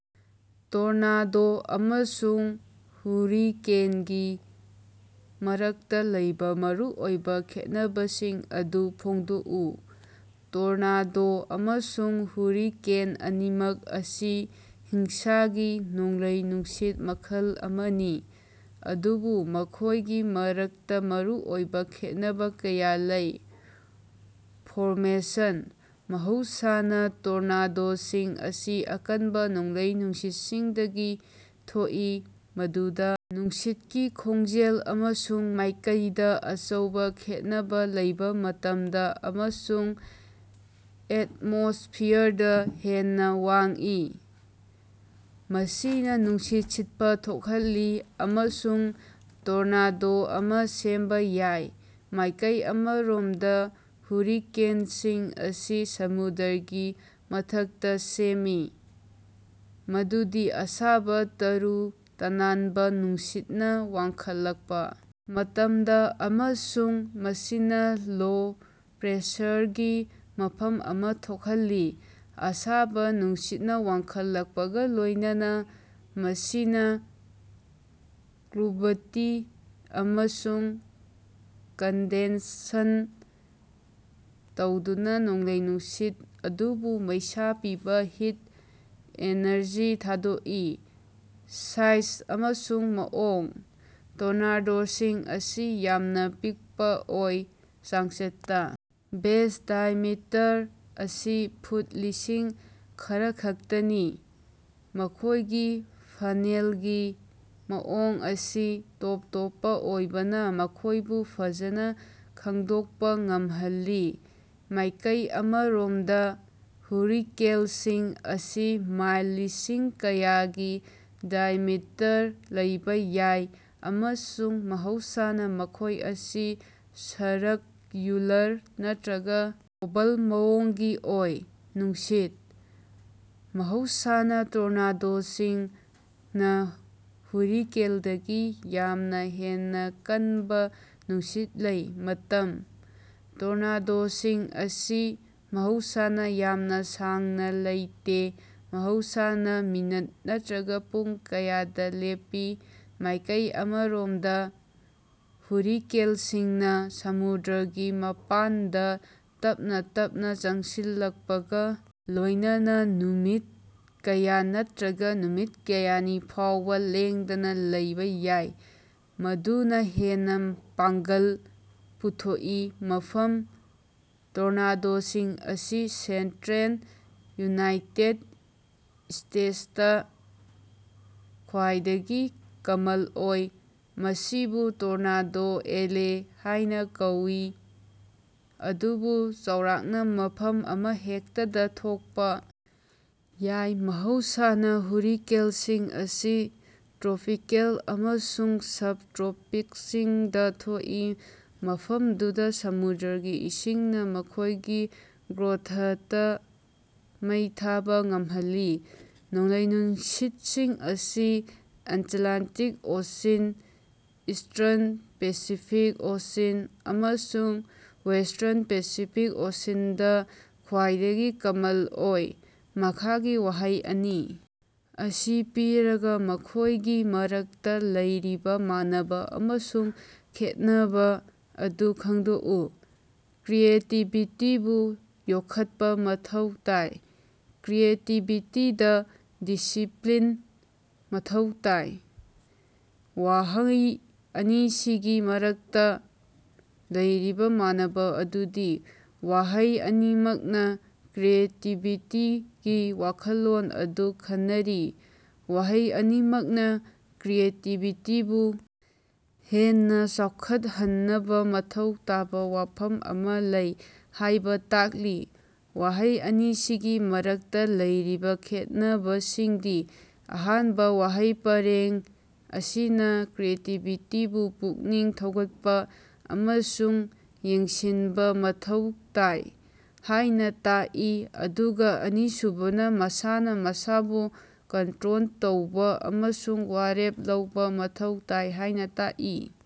Tornado ꯑꯃꯁꯨꯡ ꯍꯨꯔꯤꯀꯦꯟꯒꯤ ꯃꯔꯛꯇ ꯂꯩꯕ ꯃꯔꯨꯑꯣꯏꯕ ꯈꯦꯠꯅꯕꯁꯤꯡ ꯑꯗꯨ ꯐꯣꯡꯗꯣꯛꯎ꯫ ꯇꯣꯔꯅꯥꯗꯣ ꯑꯃꯁꯨꯡ ꯍꯨꯔꯤꯀꯦꯟ ꯑꯅꯤꯃꯛ ꯑꯁꯤ ꯍꯤꯡꯁꯥꯒꯤ ꯅꯣꯡꯂꯩ-ꯅꯨꯡꯁꯤꯠ ꯃꯈꯜ ꯑꯃꯅꯤ꯫ ꯑꯗꯨꯕꯨ ꯃꯈꯣꯏꯒꯤ ꯃꯔꯛꯇ ꯃꯔꯨꯑꯣꯏꯕ ꯈꯦꯠꯅꯕ ꯀꯌꯥ ꯂꯩ꯫ ꯐꯣꯔꯃꯦꯁꯟ: ꯃꯍꯧꯁꯥꯅ ꯇꯣꯔꯅꯥꯗꯣꯁꯤꯡ ꯑꯁꯤ ꯑꯀꯟꯕ ꯅꯣꯡꯂꯩ-ꯅꯨꯡꯁꯤꯠꯁꯤꯡꯗꯒꯤ ꯊꯣꯛꯏ꯫ ꯃꯗꯨꯗ ꯅꯨꯡꯁꯤꯠꯀꯤ ꯈꯣꯡꯖꯦꯜ ꯑꯃꯁꯨꯡ ꯃꯥꯢꯀꯩꯗ ꯑꯆꯧꯕ ꯈꯦꯠꯅꯕ ꯂꯩꯕ ꯃꯇꯝꯗ ꯑꯃꯁꯨꯡ ꯑꯦꯇꯃꯣꯁ꯭ꯐꯤꯌꯔꯗ ꯍꯦꯟꯅ ꯋꯥꯡꯏ꯫ ꯃꯁꯤꯅ ꯅꯨꯡꯁꯤꯠ ꯁꯤꯠꯄ ꯊꯣꯛꯍꯜꯂꯤ꯫ ꯑꯃꯁꯨꯡ ꯇꯣꯔꯅꯥꯗꯣ ꯑꯃ ꯁꯦꯝꯕ ꯌꯥꯏ꯫ ꯃꯥꯏꯀꯩ ꯑꯃꯔꯣꯝꯗ, ꯍꯨꯔꯤꯀꯦꯟꯁꯤꯡ ꯑꯁꯤ ꯁꯃꯨꯗ꯭ꯔꯒꯤ ꯃꯊꯛꯇ ꯁꯦꯝꯃꯤ꯫ ꯃꯗꯨꯗꯤ ꯑꯁꯥꯕ ꯇꯔꯨ-ꯇꯅꯥꯟꯕ ꯅꯨꯡꯁꯤꯠꯅ ꯋꯥꯡꯈꯠꯂꯛꯄ ꯃꯇꯝꯗ ꯑꯃꯁꯨꯡ ꯃꯁꯤꯅ ꯂꯣ ꯄ꯭ꯔꯦꯁꯔꯒꯤ ꯃꯐꯝ ꯑꯃ ꯊꯣꯛꯍꯜꯂꯤ꯫ ꯑꯁꯥꯕ ꯅꯨꯡꯁꯤꯠꯅ ꯋꯥꯡꯈꯠꯂꯛꯄꯒ ꯂꯣꯏꯅꯅ ꯃꯁꯤꯅ ꯀꯨꯂꯕꯇꯤ ꯑꯃꯁꯨꯡ ꯀꯟꯗꯦꯟꯁꯟ ꯇꯧꯗꯨꯅ ꯅꯣꯡꯂꯩ-ꯅꯨꯡꯁꯤꯠ ꯑꯗꯨꯕꯨ ꯃꯩꯁꯥ ꯄꯤꯕ ꯍꯤꯠ ꯑꯦꯅꯔꯖꯤ ꯊꯥꯗꯣꯛꯏ꯫ ꯁꯥꯏꯖ ꯑꯃꯁꯨꯡ ꯃꯑꯣꯡ: ꯇꯣꯔꯅꯥꯗꯣꯁꯤꯡ ꯑꯁꯤ ꯌꯥꯝꯅ ꯄꯤꯛꯄ ꯑꯣꯏ꯫ ꯆꯥꯡꯆꯠꯇ ꯕꯦꯖ ꯗꯥꯏꯑꯦꯃꯤꯇꯔ ꯑꯁꯤ ꯐꯨꯠ ꯂꯤꯁꯤꯡ ꯈꯔꯈꯛꯇꯅꯤ꯫ ꯃꯈꯣꯏꯒꯤ ꯐꯅꯦꯜꯒꯤ ꯃꯑꯣꯡ ꯑꯁꯤ ꯇꯣꯞ ꯇꯣꯞꯄ ꯑꯣꯏꯕꯅ ꯃꯈꯣꯏꯕꯨ ꯐꯖꯅ ꯈꯪꯗꯣꯛꯄ ꯉꯝꯍꯜꯂꯤ꯫ ꯃꯥꯏꯀꯩ ꯑꯃꯔꯣꯝꯗ, ꯍꯨꯔꯤꯀꯦꯟꯁꯤꯡ ꯑꯁꯤ ꯃꯥꯏꯜ ꯂꯤꯁꯤꯡ ꯀꯌꯥꯒꯤ ꯗꯥꯏꯃꯤꯇꯔ ꯂꯩꯕ ꯌꯥꯏ꯫ ꯑꯃꯁꯨꯡ ꯃꯍꯧꯁꯥꯅ ꯃꯈꯣꯢ ꯑꯁꯤ ꯁꯔꯛꯌꯨꯂꯥꯔ ꯅꯠꯇ꯭ꯔꯒ ꯑꯣꯚꯜ ꯃꯑꯣꯡꯒꯤ ꯑꯣꯏ꯫ ꯅꯨꯡꯁꯤꯠ: ꯃꯍꯧꯁꯥꯅ ꯇꯣꯔꯅꯥꯗꯣꯁꯤꯡꯅ ꯍꯨꯔꯤꯀꯦꯟꯗꯒꯤ ꯌꯥꯝꯅ ꯍꯦꯟꯅ ꯀꯟꯕ ꯅꯨꯡꯁꯤꯠ ꯂꯩ꯫ ꯃꯇꯝ: ꯇꯣꯔꯅꯥꯗꯣꯁꯤꯡ ꯑꯁꯤ ꯃꯍꯧꯁꯥꯅ ꯌꯥꯝꯅ ꯁꯥꯡꯅ ꯂꯩꯇꯦ꯫ ꯃꯍꯧꯁꯥꯅ ꯃꯤꯅꯠ ꯅꯠꯇ꯭ꯔꯒ ꯄꯨꯡ ꯀꯌꯥꯗ ꯂꯦꯞꯄꯤ꯫ ꯃꯥꯏꯀꯩ ꯑꯃꯔꯣꯝꯗ, ꯍꯨꯔꯤꯀꯦꯟꯁꯤꯡꯅ ꯁꯃꯨꯗ꯭ꯔꯒꯤ ꯃꯄꯥꯟꯗ ꯇꯞꯅ ꯇꯞꯅ ꯆꯪꯁꯤꯜꯂꯛꯄꯒ ꯂꯣꯏꯅꯅ ꯅꯨꯃꯤꯠ ꯀꯌꯥ ꯅꯠꯇ꯭ꯔꯒ ꯅꯨꯃꯤꯠ ꯀꯌꯥꯅꯤ ꯐꯥꯎꯕ ꯂꯦꯡꯗꯅ ꯂꯩꯕꯥ ꯌꯥꯏ꯫ ꯃꯗꯨꯅ ꯍꯦꯟꯅ ꯄꯥꯡꯒꯜ ꯄꯨꯊꯣꯛꯏ꯫ ꯃꯐꯝ: ꯇꯣꯔꯅꯥꯗꯣꯁꯤꯡ ꯑꯁꯤ ꯁꯦꯟꯇꯔꯦꯜ ꯌꯨꯅꯥꯏꯇꯦꯠ ꯁ꯭ꯇꯦꯇꯁꯇꯥ ꯈ꯭ꯋꯥꯏꯗꯒꯤ ꯀꯃꯟ ꯑꯣꯏ꯫ ꯃꯁꯤꯕꯨ "ꯇꯣꯔꯅꯥꯗꯣ ꯑꯦꯂꯦ" ꯍꯥꯏꯅ ꯀꯧꯏ꯫ ꯑꯗꯨꯕꯨ ꯆꯥꯎꯔꯥꯛꯅ ꯃꯐꯝ ꯑꯃꯍꯦꯛꯇꯗ ꯊꯣꯛꯄ ꯌꯥꯏ꯫ ꯃꯍꯧꯁꯥꯅ ꯍꯨꯔꯤꯀꯦꯟꯁꯤꯡ ꯑꯁꯤ ꯇ꯭ꯔꯣꯄꯤꯀꯦꯜ ꯑꯃꯁꯨꯡ ꯁꯕ-ꯇ꯭ꯔꯣꯄꯤꯛꯁꯤꯡꯗ ꯊꯣꯛꯏ꯫ ꯃꯐꯝꯗꯨꯗ ꯁꯃꯨꯗ꯭ꯔꯒꯤ ꯏꯁꯤꯡꯅ ꯃꯈꯣꯏꯒꯤ ꯒ꯭ꯔꯣꯊꯇꯥ ꯃꯩ ꯊꯥꯕꯥ ꯉꯝꯍꯜꯂꯤ꯫ ꯅꯣꯡꯂꯩ-ꯅꯨꯡꯁꯤꯠꯁꯤꯡ ꯑꯁꯤ Atlantic Ocean, eastern Pacific Ocean ꯑꯃꯁꯨꯡ ꯋꯦꯁ꯭ꯇꯔꯟ ꯄꯦꯁꯤꯐꯤꯛ ꯑꯣꯁꯤꯟꯗ ꯈ꯭ꯋꯥꯏꯗꯒꯤ ꯀꯃꯟ ꯑꯣꯏ꯫ ꯃꯈꯥꯒꯤ ꯋꯥꯍꯩ ꯑꯅꯤ ꯑꯁꯤ ꯄꯤꯔꯒ ꯃꯈꯣꯏꯒꯤ ꯃꯔꯛꯇ ꯂꯩꯔꯤꯕ ꯃꯥꯟꯅꯕ ꯑꯃꯁꯨꯡ ꯈꯦꯠꯅꯕ ꯑꯗꯨ ꯈꯪꯗꯣꯛꯎ꯫ ꯀ꯭ꯔꯤꯌꯦꯇꯤꯕꯤꯇꯤꯕꯨ ꯌꯣꯛꯈꯠꯄ ꯃꯊꯧ ꯇꯥꯏ꯫ ꯀ꯭ꯔꯤꯌꯦꯇꯤꯕꯤꯇꯤꯗ ꯗꯤꯁꯤꯞꯂꯤꯟ ꯃꯊꯧ ꯇꯥꯏ꯫ ꯋꯥꯍꯩ ꯑꯅꯤꯁꯤꯒꯤ ꯃꯔꯛꯇ ꯂꯩꯔꯤꯕ ꯃꯥꯟꯅꯕ ꯑꯗꯨꯗꯤ: ꯋꯥꯍꯩ ꯑꯅꯤꯃꯛꯅ ꯀ꯭ꯔꯤꯌꯦꯇꯤꯕꯤꯇꯤꯒꯤ ꯋꯥꯈꯜꯂꯣꯟ ꯑꯗꯨ ꯈꯟꯅꯔꯤ꯫ ꯋꯥꯍꯩ ꯑꯅꯤꯃꯛꯅ ꯀ꯭ꯔꯤꯌꯦꯇꯤꯕꯤꯇꯤꯕꯨ ꯍꯦꯟꯅ ꯆꯥꯎꯈꯠꯍꯟꯅꯕ ꯃꯊꯧ ꯇꯥꯕ ꯋꯥꯐꯝ ꯑꯃ ꯂꯩ ꯍꯥꯏꯕ ꯇꯥꯛꯂꯤ꯫ ꯋꯥꯍꯩ ꯑꯅꯤꯁꯤꯒꯤ ꯃꯔꯛꯇ ꯂꯩꯔꯤꯕ ꯈꯦꯠꯅꯕꯁꯤꯡꯗꯤ: ꯑꯍꯥꯟꯕ ꯋꯥꯍꯩ ꯄꯔꯦꯡ ꯑꯁꯤꯅ ꯀ꯭ꯔꯤꯌꯦꯇꯤꯕꯤꯇꯤꯕꯨ ꯄꯨꯛꯅꯤꯡ ꯊꯧꯒꯠꯄ ꯑꯃꯁꯨꯡ ꯌꯦꯡꯁꯤꯟꯕ ꯃꯊꯧ ꯇꯥꯏ꯫ ꯍꯥꯏꯅ ꯇꯥꯛꯏ ꯑꯗꯨꯒ ꯑꯅꯤꯁꯨꯕꯅ ꯃꯁꯥꯅ ꯃꯁꯥꯕꯨ ꯀꯟꯇ꯭ꯔꯣꯜ ꯇꯧꯕ ꯑꯃꯁꯨꯡ ꯋꯥꯔꯦꯞ ꯂꯧꯕ ꯃꯊꯧ ꯇꯥꯏ ꯍꯥꯏꯅꯥ ꯇꯥꯛꯏ꯫